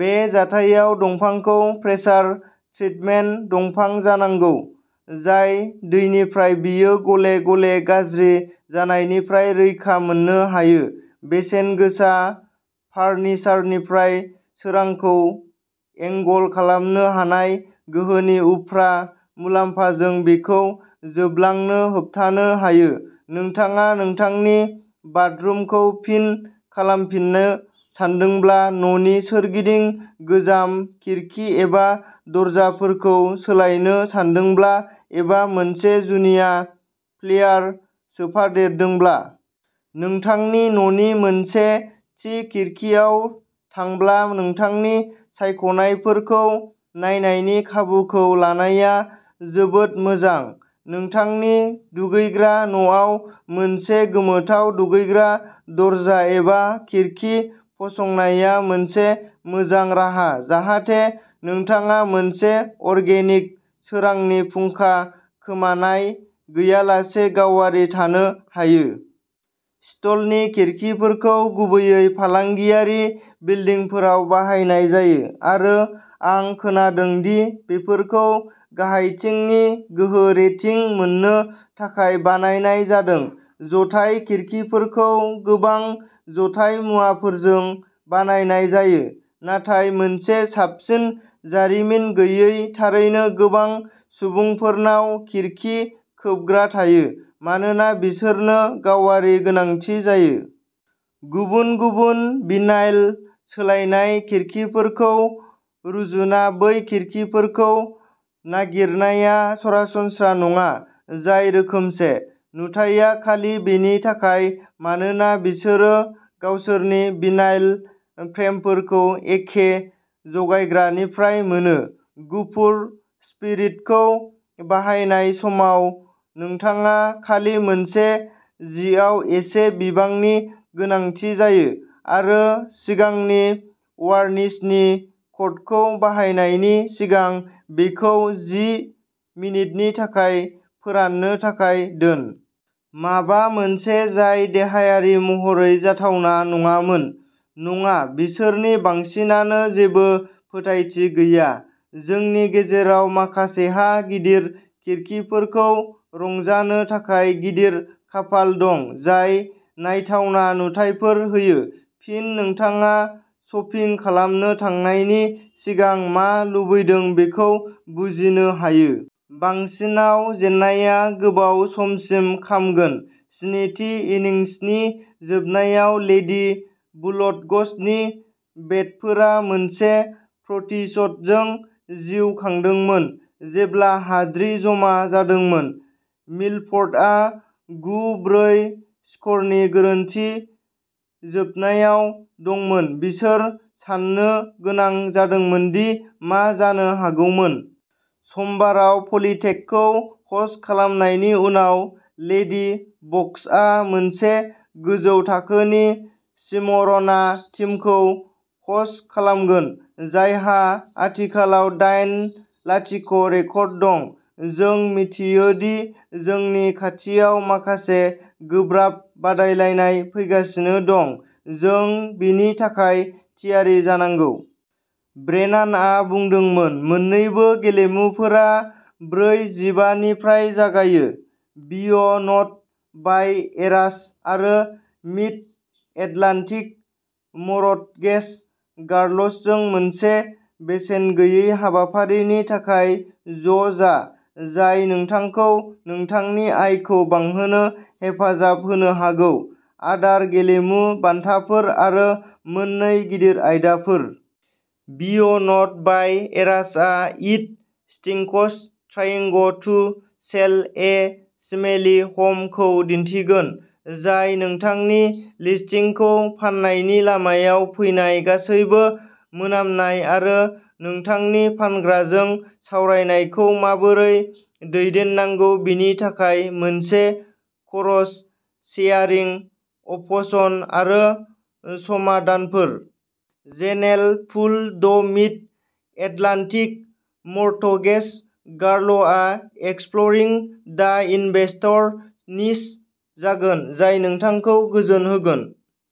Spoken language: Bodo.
बे जाथायाव, दंफांखौ प्रेसार ट्रिटमेन्ट दंफां जानांगौ, जाय दैनिफ्राय बेयो गले गले गाज्रि जानायनिफ्राय रैखा मोननो हायो। बेसेनगोसा फारनिचारनिफ्राय सोरांखौ एंगल खालामनो हानाय गोहोनि उफ्रा मुलामफाजों बेखौ जोबलांनो होबथानो हायो। नोंथाङा नोंथांनि बाथरुमखौ फिन खालामफिननो सानदोंब्ला, न'नि सोरगिदिं गोजाम खिरखि एबा दरजाफोरखौ सोलायनो सानदोंब्ला, एबा मोनसे जुनिया फ्लेयार सोफादेरदोंब्ला। नोंथांनि न'नि मोनसे थि खिरखिआव थांब्ला, नोंथांनि सायख'नायफोरखौ नायनायनि खाबुखौ लानाया जोबोद मोजां। नोंथांनि दुगैग्रा न'आव मोनसे गोमोथाव दुगैग्रा दरजा एबा खिरखि फसंनाया मोनसे मोजां राहा, जाहाथे नोंथाङा मोनसे अरगेनिक सोरांनि फुंखा खोमानाय गैयालासे गावारि थानो हायो। स्टिलनि खिरखिफोरखौ गुबैयै फालांगियारि बिलडिंफोराव बाहायनाय जायो, आरो आं खोनादों दि बेफोरखौ गाहायथिंनि गोहो रेटिं मोननो थाखाय बानायनाय जादों। जथाय खिरखिफोरखौ गोबां जथाय मुवाफोरजों बानायनाय जायो। नाथाय मोनसे साबसिन जारिमिन गैया। थारैनो गोबां सुबुंफोरनाव खिरखि खोबग्रा थायो मानोना बिसोरनो गावारि गोनांथि जायो। गुबुन-गुबुन भिनाइल सोलायनाय खिरखिफोरखौ रुजुना बै खिरखिफोरखौ नागिरनाया सरासनस्रा नङा, जाय रोखोमसे। नुथाइया खालि बेनि थाखाय मानोना बिसोरो गावसोरनि भिनाइल फ्रेमफोरखौ एखे जगायग्रानिफ्राय मोनो। गुफुर स्पिरिटखौ बाहायनाय समाव नोंथाङा खालि मोनसे जिआव एसे बिबांनि गोनांथि जायो, आरो सिगांनि वारनिशनि कटखौ बाहायनायनि सिगां बेखौ जि मिनिटनि थाखाय फोराननो थाखाय दोन। माबा मोनसे जाय देहायारि महरै जाथावना नङामोन। नङा, बिसोरनि बांसिनानो जेबो फोथायथि गैया। जोंनि गेजेराव माखासेहा गिदिर खिरखिफोरखौ रंजानो थाखाय गिदिर खाफाल दं जाय नायथावना नुथायफोर होयो। फिन, नोंथाङा शपिं खालामनो थांनायनि सिगां मा लुबैदों बेखौ बुजिनो हायो। बांसिनआव। जेननाया गोबाव समसिम खामगोन। स्निथि इनिंसनि जोबनायाव लेडी बुलड'गसनि बेटफोरा मोनसे प्रतिशोधजों जिउ खांदोंमोन। जेब्ला हाद्रि जमा जादोंमोन, मिलफर्डआ गु-ब्रै स्क'रनि गोरोन्थि जोबनायाव दंमोन। बिसोर साननो गोनां जादोंमोन दि मा जानो हागौमोन। समबाराव पलिटेकखौ ह'स्ट खालामनायनि उनाव लेडी बकसआ मोनसे गोजौ थाखोनि स्मिरना टीमखौ ह'स्ट खालामगोन, जायहा आथिखालाव दाइन-लाथिख' रेकर्ड दं। जों मिथियो दि जोंनि खाथियाव माखासे गोब्राब बादायलायनाय फैगासिनो दं, जों बेनि थाखाय थियारि जानांगौ। ब्रेनानआ बुंदोंमोन। मोननैबो गेलेमुफोरा ब्रै:जिबा निफ्राय जागायो। बिय'न्ड बाय एरास आरो मिड एटलान्टिक मरटगेज गारलजों मोनसे बेसेन गैयै हाबाफारिनि थाखाय ज'जा, जाय नोंथांखौ नोंथांनि आयखौ बांहोनो हेफाजाब होनो हागौ! आदार, गेलेमु, बान्थाफोर, आरो मोन्नै गिदिर आयदाफोर। बिय'नड बाय एरासआ it stinks trying to sell a smelly home खौ दिन्थिगोन। जाय नोंथांनि लिस्टिंखौ फाननायनि लामायाव फैनाय गासैबो मोनामनाय आरो नोंथांनि फानग्राजों सावरायनायखौ माबोरै दैदेननांगौ बेनि थाखाय मोनसे क'रस सेयारिं अपशन आरो समाधानफोर। General Poole the' Mid Atlantic Mortgage गारलआ एक्सप्ल'रिं दा इनभेस्टर निच जागोन। जाय नोंथांखौ गोजोन होगोन।